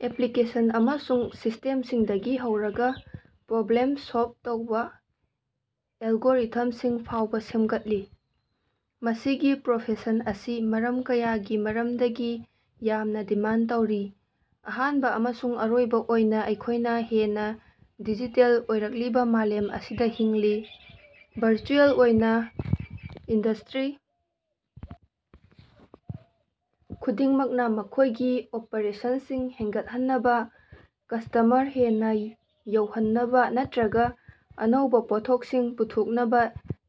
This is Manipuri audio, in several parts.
ꯑꯦꯄꯂꯤꯀꯦꯁꯟ ꯑꯃꯁꯨꯡ ꯁꯤꯁꯇꯦꯝꯁꯤꯡꯗꯒꯤ ꯍꯧꯔꯒ ꯄ꯭ꯔꯣꯕ꯭ꯂꯦꯝ ꯁꯣꯜꯕ ꯇꯧꯕ ꯑꯦꯜꯒꯣꯔꯤꯊꯝꯁꯤꯡ ꯐꯥꯎꯕ ꯁꯦꯝꯒꯠꯂꯤ꯫ ꯃꯁꯤꯒꯤ ꯄ꯭ꯔꯣꯐꯦꯁꯟ ꯑꯁꯤ ꯃꯔꯝ ꯀꯌꯥꯒꯤ ꯃꯔꯝꯗꯒꯤ ꯌꯥꯝꯅ ꯗꯤꯃꯥꯟꯗ ꯇꯧꯔꯤ꯫ ꯑꯍꯥꯟꯕ ꯑꯃꯁꯨꯡ ꯑꯔꯣꯏꯕ ꯑꯣꯏꯅ, ꯑꯩꯈꯣꯏꯅ ꯍꯦꯟꯅ ꯗꯤꯖꯤꯇꯦꯜ ꯑꯣꯏꯔꯛꯂꯤꯕ ꯃꯥꯂꯦꯝ ꯑꯁꯤꯗ ꯍꯤꯡꯂꯤ꯫ ꯚꯔꯆꯨꯑꯦꯜ ꯑꯣꯏꯅ ꯏꯟꯗꯁ꯭ꯇꯔꯤ ꯈꯨꯗꯤꯡꯃꯛꯅ ꯃꯈꯣꯏꯒꯤ ꯑꯣꯄꯔꯦꯁꯟꯁꯤꯡ ꯍꯦꯟꯒꯠꯍꯟꯅꯕ, ꯀꯁ꯭ꯇꯃꯔ ꯍꯦꯟꯅ ꯌꯧꯍꯟꯅꯕ ꯅꯠꯇꯔꯒꯥ ꯑꯅꯧꯕꯥ ꯄꯣꯠꯊꯣꯛꯁꯤꯡ ꯄꯨꯊꯣꯛꯅꯕ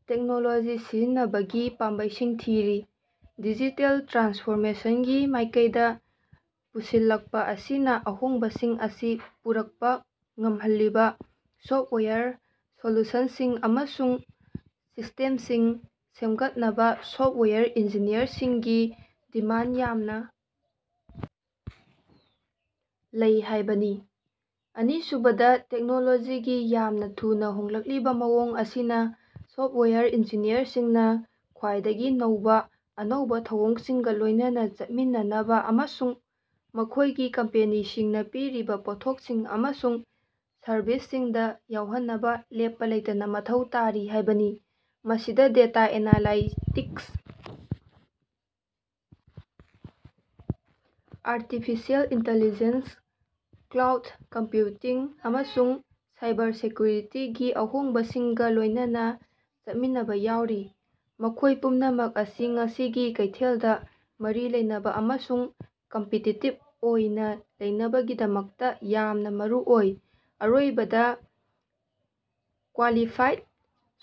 ꯇꯦꯛꯅꯣꯂꯣꯖꯤ ꯁꯤꯖꯤꯟꯅꯕꯒꯤ ꯄꯥꯝꯕꯩꯁꯤꯡ ꯊꯤꯔꯤ꯫ ꯗꯤꯖꯤꯇꯦꯜ ꯇ꯭ꯔꯥꯟꯁꯐꯣꯔꯃꯦꯁꯟꯒꯤ ꯃꯥꯏꯀꯩꯗ ꯄꯨꯁꯤꯜꯂꯛꯄ ꯑꯁꯤꯅ ꯑꯍꯣꯡꯕꯁꯤꯡ ꯑꯁꯤ ꯄꯨꯔꯛꯄ ꯉꯝꯍꯜꯂꯤꯕ ꯁꯣꯐꯋꯦꯌꯔ ꯁꯣꯂꯨꯁꯟꯁꯤꯡ ꯑꯃꯁꯨꯡ ꯁꯤꯁ꯭ꯇꯦꯝꯁꯤꯡ ꯁꯦꯝꯒꯠꯅꯕ ꯁꯣꯐꯋꯦꯌꯔ ꯏꯟꯖꯤꯅꯤꯌꯔꯁꯤꯡꯒꯤ ꯗꯤꯃꯥꯟꯗ ꯌꯥꯝꯅ ꯂꯩ ꯍꯥꯏꯕꯅꯤ꯫ ꯑꯅꯤꯁꯨꯕꯗ, ꯇꯦꯛꯅꯣꯂꯣꯖꯤꯒꯤ ꯌꯥꯝꯅ ꯊꯨꯅ ꯍꯣꯡꯂꯛꯂꯤꯕ ꯃꯑꯣꯡ ꯑꯁꯤꯅ ꯁꯣꯐꯋꯦꯌꯔ ꯏꯟꯖꯤꯅꯤꯌꯔꯁꯤꯡꯅ ꯈ꯭ꯋꯥꯏꯗꯒꯤ ꯅꯧꯕ ꯑꯅꯧꯕ ꯊꯧꯑꯣꯡꯁꯤꯡꯒ ꯂꯣꯏꯅꯅ ꯆꯠꯃꯤꯟꯅꯅꯕ ꯑꯃꯁꯨꯡ ꯃꯈꯣꯏꯒꯤ ꯀꯝꯄꯦꯅꯤꯁꯤꯡꯅ ꯄꯤꯔꯤꯕ ꯄꯣꯠꯊꯣꯛꯁꯤꯡ ꯑꯃꯁꯨꯡ ꯁꯔꯕꯤꯁꯁꯤꯡꯗ ꯌꯥꯎꯍꯟꯅꯕ ꯂꯦꯞꯄ ꯂꯩꯇꯅ ꯃꯊꯧ ꯇꯥꯔꯤ ꯍꯥꯏꯕꯅꯤ꯫ ꯃꯁꯤꯗ data analytics, artificial intelligence, cloud computing, ꯑꯃꯁꯨꯡ ꯁꯥꯏꯕꯔꯁꯦꯀ꯭ꯌꯨꯔꯤꯇꯤꯒꯤ ꯑꯍꯣꯡꯕꯁꯤꯡꯒ ꯂꯣꯏꯅꯅ ꯆꯠꯃꯤꯟꯅꯕ ꯌꯥꯎꯔꯤ, ꯃꯈꯣꯏ ꯄꯨꯝꯅꯃꯛ ꯑꯁꯤ ꯉꯁꯤꯒꯤ ꯀꯩꯊꯦꯜꯗ ꯃꯔꯤ ꯂꯩꯅꯕ ꯑꯃꯁꯨꯡ ꯀꯝꯄꯤꯇꯤꯇꯤꯕ ꯑꯣꯏꯅ ꯂꯩꯅꯕꯒꯤꯗꯃꯛꯇ ꯌꯥꯝꯅ ꯃꯔꯨ ꯑꯣꯏ꯫ ꯑꯔꯣꯏꯕꯗ, ꯀ꯭ꯕꯥꯂꯤꯐꯥꯏꯗ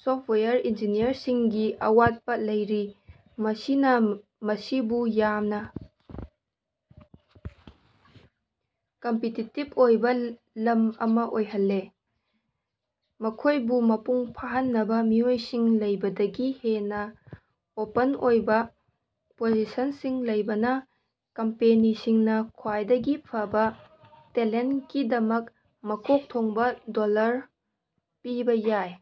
ꯁꯣꯐꯋꯦꯌꯔ ꯏꯟꯖꯤꯅꯤꯌꯔꯁꯤꯡꯒꯤ ꯑꯋꯥꯠꯄꯥ ꯂꯩꯔꯤ, ꯃꯁꯤꯅ ꯃꯁꯤꯕꯨ ꯌꯥꯝꯅ ꯀꯝꯄꯤꯇꯤꯇꯤꯕ ꯑꯣꯏꯕ ꯂꯝ ꯑꯃ ꯑꯣꯏꯍꯜꯂꯦ꯫ ꯃꯈꯣꯏꯕꯨ ꯃꯄꯨꯡ ꯐꯥꯍꯟꯅꯕ ꯃꯤꯑꯣꯏꯁꯤꯡ ꯂꯩꯕꯗꯒꯤ ꯍꯦꯟꯅ ꯑꯣꯄꯟ ꯑꯣꯏꯕ ꯄꯣꯖꯤꯁꯟꯁꯤꯡ ꯂꯩꯕꯅ ꯀꯝꯄꯦꯅꯤꯁꯤꯡꯅ ꯈ꯭ꯋꯥꯏꯗꯒꯤ ꯐꯕ ꯇꯦꯂꯦꯟꯇꯀꯤꯗꯃꯛ ꯃꯀꯣꯛ ꯊꯣꯡꯕ ꯗꯣꯜꯂꯔ ꯄꯤꯕꯥ ꯌꯥꯏ꯫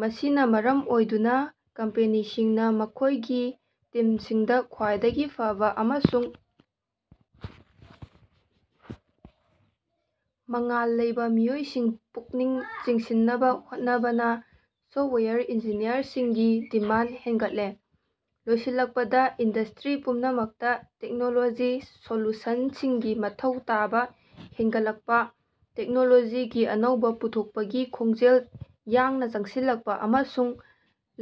ꯃꯁꯤꯅ ꯃꯔꯝ ꯑꯣꯏꯗꯨꯅ ꯀꯝꯄꯦꯅꯤꯁꯤꯡꯅ ꯃꯈꯣꯏꯒꯤ ꯇꯤꯝꯁꯤꯡꯗ ꯈ꯭ꯋꯥꯏꯗꯒꯤ ꯐꯕ ꯑꯃꯁꯨꯡ ꯃꯉꯥꯜ ꯂꯩꯕ ꯃꯤꯑꯣꯏꯁꯤꯡ ꯄꯨꯛꯅꯤꯡ ꯆꯤꯡꯁꯤꯟꯅꯕ ꯍꯣꯠꯅꯕꯅ ꯁꯣꯐꯋꯦꯌꯔ ꯏꯟꯖꯤꯅꯤꯌꯔꯁꯤꯡꯒꯤ ꯗꯤꯃꯥꯟꯗ ꯍꯦꯟꯒꯠꯂꯦ꯫ ꯂꯣꯏꯁꯤꯜꯂꯛꯄꯗ, ꯏꯟꯗꯁ꯭ꯇꯔꯤ ꯄꯨꯝꯅꯃꯛꯇ ꯇꯦꯛꯅꯣꯂꯣꯖꯤ ꯁꯣꯂꯨꯁꯟꯁꯤꯡꯒꯤ ꯃꯊꯧ ꯇꯥꯕ ꯍꯦꯟꯒꯠꯂꯛꯄ, ꯇꯦꯛꯅꯣꯂꯣꯖꯤꯒꯤ ꯑꯅꯧꯕꯥ ꯄꯨꯊꯣꯛꯄꯒꯤ ꯈꯣꯡꯖꯦꯜ ꯌꯥꯡꯅ ꯆꯪꯁꯤꯜꯂꯛꯄ, ꯑꯃꯁꯨꯡ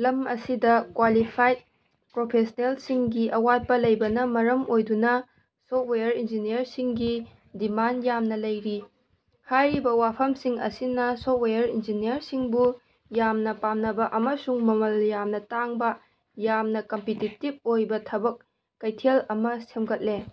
ꯂꯝ ꯑꯁꯤꯗ ꯀ꯭ꯋꯥꯂꯤꯐꯥꯏꯗ ꯄ꯭ꯔꯣꯐꯦꯁ꯭ꯅꯦꯜꯁꯤꯡꯒꯤ ꯑꯋꯥꯠꯄ ꯂꯩꯕꯅ ꯃꯔꯝ ꯑꯣꯏꯗꯨꯅ ꯁꯣꯐꯋꯦꯌꯔ ꯏꯟꯖꯤꯅꯤꯌꯔꯁꯤꯡꯒꯤ ꯗꯤꯃꯥꯟꯗ ꯌꯥꯝꯅ ꯂꯩꯔꯤ꯫ ꯍꯥꯏꯔꯤꯕ ꯋꯥꯐꯝꯁꯤꯡ ꯑꯁꯤꯅ ꯁꯣꯐꯋꯦꯌꯔ ꯏꯟꯖꯤꯅꯤꯌꯔꯁꯤꯡꯕꯨ ꯌꯥꯝꯅ ꯄꯥꯝꯅꯕ ꯑꯃꯁꯨꯡ ꯃꯃꯜ ꯌꯥꯝꯅ ꯇꯥꯡꯕ ꯌꯥꯝꯅ ꯀꯝꯄꯤꯇꯤꯇꯤꯕ ꯑꯣꯏꯕ ꯊꯕꯛ ꯀꯩꯊꯦꯜ ꯑꯃ ꯁꯦꯝꯒꯠꯂꯦ꯫।